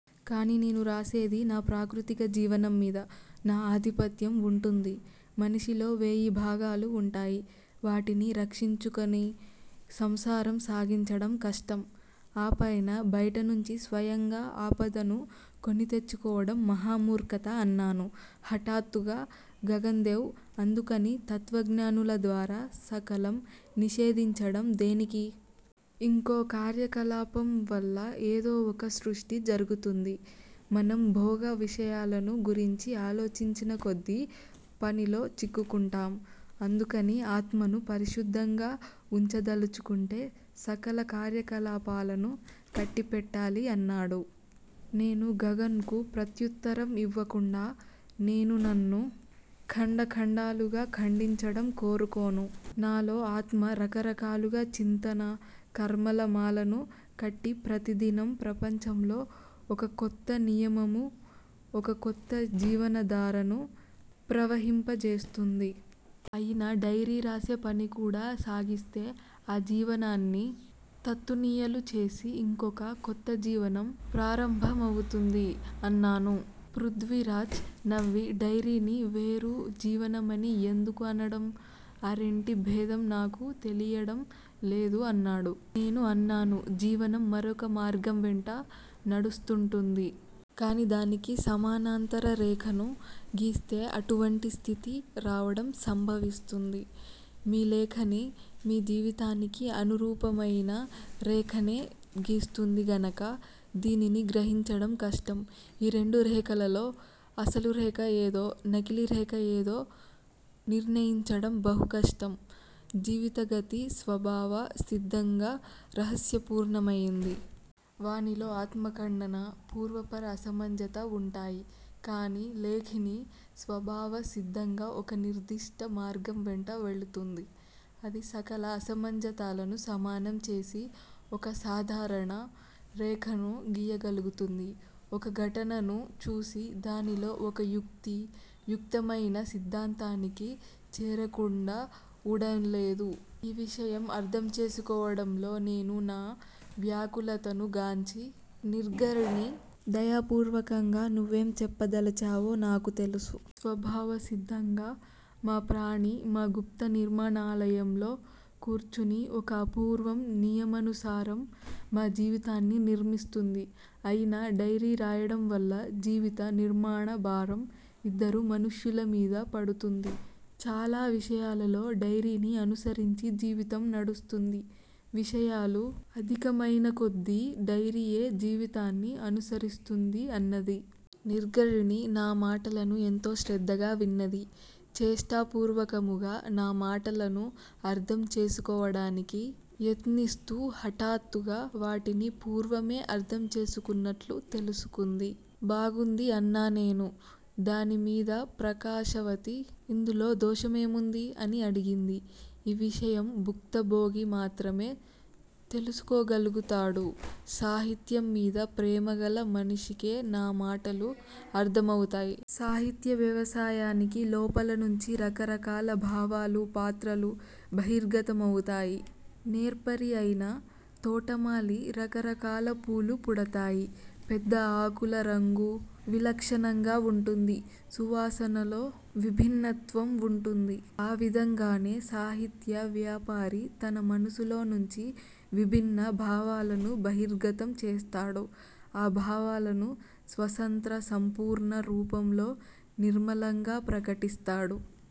కాని నేను రాసేది నా ప్రాకృతిక జీవనం మీద. నా ఆధిపత్యం వుంటుంది. మనిషిలో వేయి భాగాలు వుంటాయి. వాటిని రక్షించుకుని సంసారం సాగించడం కష్టం. ఆ పైన బయట నుంచి స్వయంగా ఆపదను కొని తెచ్చుకోవడం మహా మూర్ఖత అన్నాను. హఠాత్తుగా గగన్ దేవ్, అందుకని తత్వజ్ఞానుల ద్వారా సకలం నిషేధించడం దేనికి! యింకో కార్యకలాపం వల్ల ఏదో ఒక సృష్టి జరుగుతుంది. మనం భోగ విషయాలను గురించి ఆలోచించినకొద్దీ పనిలో చిక్కుకుంటాం. అందుకని ఆత్మను పరిశుద్దంగా వుంచదలచుకుంటే సకల కార్యకలాపాలను కట్టిపెట్టాలి అన్నాడు. నేను గగన్ కు ప్రత్యుత్తరం ఇవ్వకుండా, నేను నన్ను ఖండఖండాలుగా ఖండిచడం కోరుకోను. నాలో ఆత్మ రకరకాలుగా చింతన, కర్మల మాలను కట్టి ప్రతిదినం ప్రపంచంలో ఒకకొత్త నియమము ఒక కొత్త జీవనధారను ప్రవహింపజేస్తుంది. అయినా డైరీ రాసే పనికూడా సాగిస్తే ఆ జీవనాన్ని తత్తునియలు చేసి యింకొక కొత్త జీవనం ప్రారంభమవుతుంది అన్నాను. పృద్వీరాజ్ నవ్వి డైరీని వేరు జీవనమని యెందుకు అనడం? ఆ రెంటి భేదం నాకూ తెలియడం లేదు అన్నాడు. నేను అన్నాను, జీవితం మరొక మార్గం వెంట నడుస్తూంటుంది. కాని దానికి సమానాంతర రేఖను గీస్తే అటువంటి స్థితి రావడం సంభవిస్తుంది. మీ లేఖని మీ జీవితానికి అనురూపమయిన రేఖనే గీస్తుంది గనక దీనిని గ్రహించడం కష్టం ఈ రెండు రేఖలలో అసలు రేఖ యేదో, నకిలీ రేఖ యేదో నిర్ణయించడం బహు కష్టం. జీవితగతి స్వబావ సిద్దంగా రహస్యపూర్ణమయింది. వానిలో ఆత్మఖండన, పూర్వాపర అసమంజత వుంటాయి. కాని లేఖిని స్వబావ సిద్దంగా ఒకనిర్దిష్ట మార్గం వెంట వెళుతుంది. అది సకల అసమంజతాలను సమానం చేసి ఒక సాధారణ రేఖను గీయగలుగుతుంది. ఒక ఘటనను చూసి దానిలో ఒకయుక్తి యుక్తమయిన సిద్దాంతానికి చేరకుండా వుడంలేదు. ఈ విషయం అర్దం చేసుకోవడంలో నేను నా వ్యాకులతను గాంచి నిర్ఘరిణి దయాపూర్వకంగా నువ్వేం చెప్పదలచావో నాకు తెలుసు. స్వభావ సిద్దంగా మా ప్రాణి మా గుప్త నిర్మాణాలయంలో కూర్చుని ఒక అపూర్వం నియమానుసారం మా జీవితాన్ని నిర్మిస్తుంది. అయినా డైరీ రాయడం వల్ల జీవిత నిర్మాణ భారం యిద్దరు మనుష్యుల మీద పడుతుంది. చాలా విషయాలలో డైరీని అనుసరించి జీవితం నడుస్తుంది. విషయాలు అధికమయినకొద్దీ డైరీయే జీవితాన్ని అనుసరిస్తుంది అన్నది. నిర్ఘరిణి నా మాటలను ఎంతో శ్రద్దగా విన్నది. చేష్టాపూర్వకముగా నా మాటలను అర్దం చేసుకోవడానికి యత్నిస్తూ హఠాత్తుగా వాటిని పూర్వమే అర్దం చేసుకున్నట్లు తెలుసుకుంది. బాగుంది అన్నానేను. దానిమీద ప్రకాశవతి, ఇందులో దోషమేముంది? అని అడిగింది. ఈ విషయం భుక్తభోగి మాత్రమే తెలుసుకోగల్గుతాడు. సాహిత్యం మీద ప్రేమగల మనిషికే నా మాటలు అర్దమవుతాయి. సాహిత్య వ్యవసాయానికి లోపలనుంచి రకరకాల భావాలు, పాత్రలు బహిర్గత మవుతాయి. నేర్పరియైన తోటమాలి రకరకాల పూలు పుడతాయి. పెద్ద ఆకుల రంగు విలక్షణంగా వుంటుంది. సువాసనలో విభిన్నత్వం వుంటుంది. ఆ విధంగానే సాహిత్య వ్యాపారి తన మనసులో నుంచి విబిన్న భావాలను బహిర్గతం చేస్తాడు. ఆ భావాలను స్వతంత్ర సంపూర్ణ రూపంలో నిర్మలంగా ప్రకటిస్తాడు.